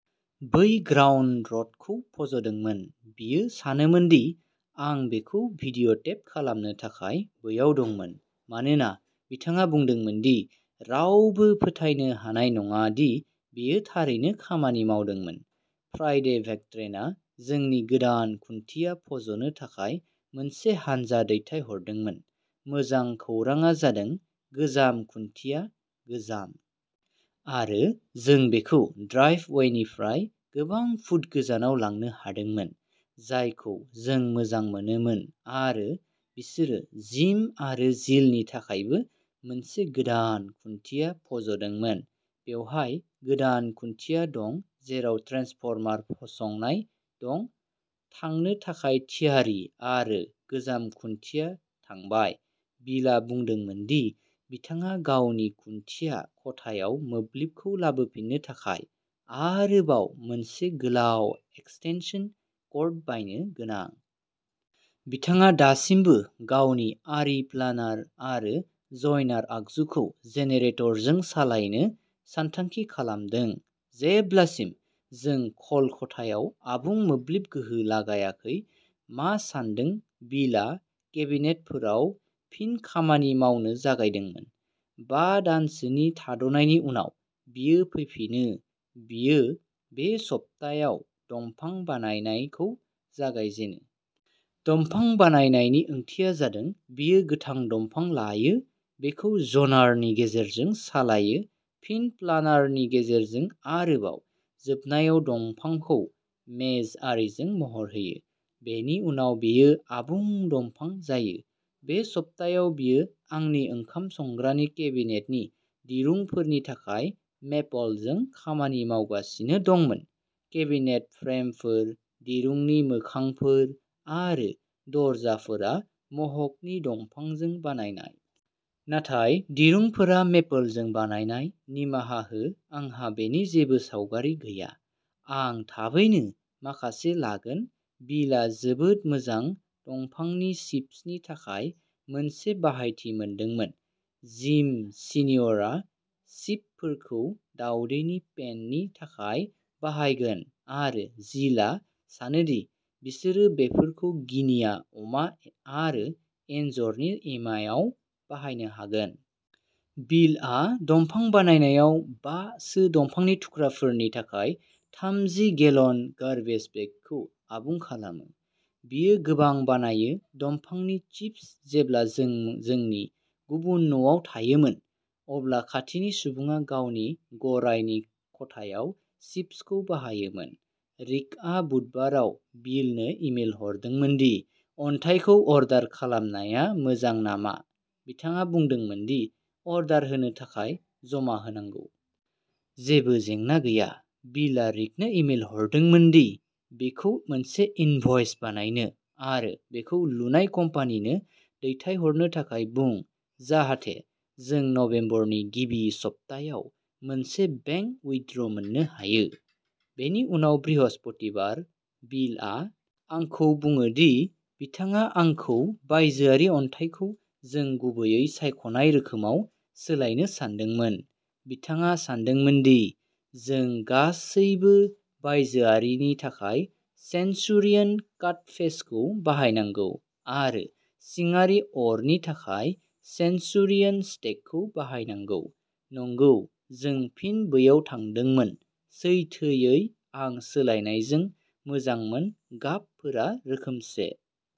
बै ग्राउन्ड रडखौ फज'दोंमोन बियो सानोमोनदि आं बेखौ भिडिअ'टेप खालामनो थाखाय बैयाव दंमोन मानोना बिथाङा बुंदोंमोन दि रावबो फोथायनो हानाय नङा दि बेयो थारैनो खामानि मावदोंमोन फ्राइडे भेक्ट्रेनआ जोंनि गोदान खुन्थिया फज'नो थाखाय मोनसे हानजा दैथायहरदोंमोन मोजां खौरांआ जादों गोजाम खुन्थिया गोजाम। आरो जों बेखौ ड्राइभवेनिफ्राय गोबां फुट गोजानाव लांनो हादोंमोन जायखौ जों मोजां मोनोमोन आरो बिसोरो जिम आरो जिलनि थाखायबो मोनसे गोदान खुन्थिया फज'दोंमोन बेवहाय गोदान खुन्थिया दं जेराव ट्रेन्सफर्मार फसंनाय दं थांनो थाखाय थियारि आरो गोजाम खुन्थिया थांबाय बिलआ बुंदोंमोन दि बिथाङा गावनि खुन्थिया खथायाव मोब्लिबखौ लाबोफिन्नो थाखाय आरोबाव मोनसे गोलाव एक्सटेनसन कर्ड बायनो गोनां। बिथाङा दासिमबो गावनि आरी प्लानार आरो ज'यनार आगजुखौ जेनेरेटरजों सालायनो सानथांखि खालामदों जेब्लासिम जों ख'ल खथायाव आबुं मोब्लिब गोहो लागायाखै मा सान्दों बिलआ केबिनेटफोराव फिन खामानि मावनो जागायदोंमोन बा दानसोनि थाद'नायनि उनाव बियो फैफिनो बियो बे सप्तायाव दंफां बानायनाय खौ जागायजेनो। दंफां बानायनाय नि ओंथिया जादों बियो गोथां दंफां लायो बेखौ ज'नारनि गेजेरजों सालायो फिन प्लानारनि गेजेरजों आरो जोबनायाव दंफांखौ मेज आरीजों महर होयो। बेनि उनाव बेयो आबुं दंफां जायो। बे सप्तायाव बियो आंनि ओंखाम संग्रानि केबिनेटनि दिरुंफोरनि थाखाय मेपलजों खामानि मावगासिनो दंमोन केबिनेट फ्रेमफोर दिरुंनि मोखांफोर आरो दरजाफोरा मह'गनि दंफांजों बानायनाय। नाथाय दिरुंफोरा मेपोलजों बानायनाय निमाहा हो आंहा बेनि जेबो सावगारि गैया आं थाबैनो माखासे लागोन बिलआ जोबोद मोजां दंफांनि चिप्सनि थाखाय मोनसे बाहायथि मोनदोंमोन जिम सिनिअरआ चिपफोरखौ दावदैनि पेननि थाखाय बाहायगोन आरो जिलआ सानो दि बिसोरो बेफोरखौ गिनिया अमा आरो एन्जरनि एमायाव बाहायनो हागोन। बिलआ दंफां बानायनायाव बा सो दंफांनि थुख्राफोरनि थाखाय थामजि गेलन गार्बेज बेगखौ आबुं खालामो। बियो गोबां बानायो दंफांनि चिप्स जेब्ला जों जोंनि गुबुन न'आव थायोमोन अब्ला खाथिनि सुबुङा गावनि गरायनि खथायाव चिप्सखौ बाहायोमोन रिकआ बुधबाराव बिलनो इमेल हरदोंमोन दि अन्थाइखौ अर्डार खालामनाया मोजां नामा बिथाङा बुंदोंमोन दि अर्डार होनो थाखाय जमा होनांगौ। जेबो जेंना गैया बिलआ रिकनो इमेल हरदोंमोन दि बिखौ मोनसे इनभ'इस बानायनो आरो बेखौ लुनाय कम्पानिनो दैथायहरनो थाखाय बुं जाहाथे जों नबेम्बरनि गिबि सप्तायाव मोनसे बेंक उयड्र' मोननो हायो। बेनि उनाव बृहस्पतिबार बिलआ आंखौ बुङो दि बिथाङा आंखौ बायजोआरि अन्थाइखौ जों गुबैयै सायख'नाय रोखोमाव सोलायनो सानदोंमोन बिथाङा सानदोंमोन दि जों गासैबो बायजोआरि नि थाखाय सेन्चुरियन काटफेस खौ बाहायनांगौ आरो सिंआरि अरनि थाखाय सेन्चुरियन स्टेक खौ बाहायनांगौ नंगौ जों फिन बैयाव थांदोंमोन सैथोयै आं सोलायनायजों मोजांमोन गाबफोरा रोखोमसे।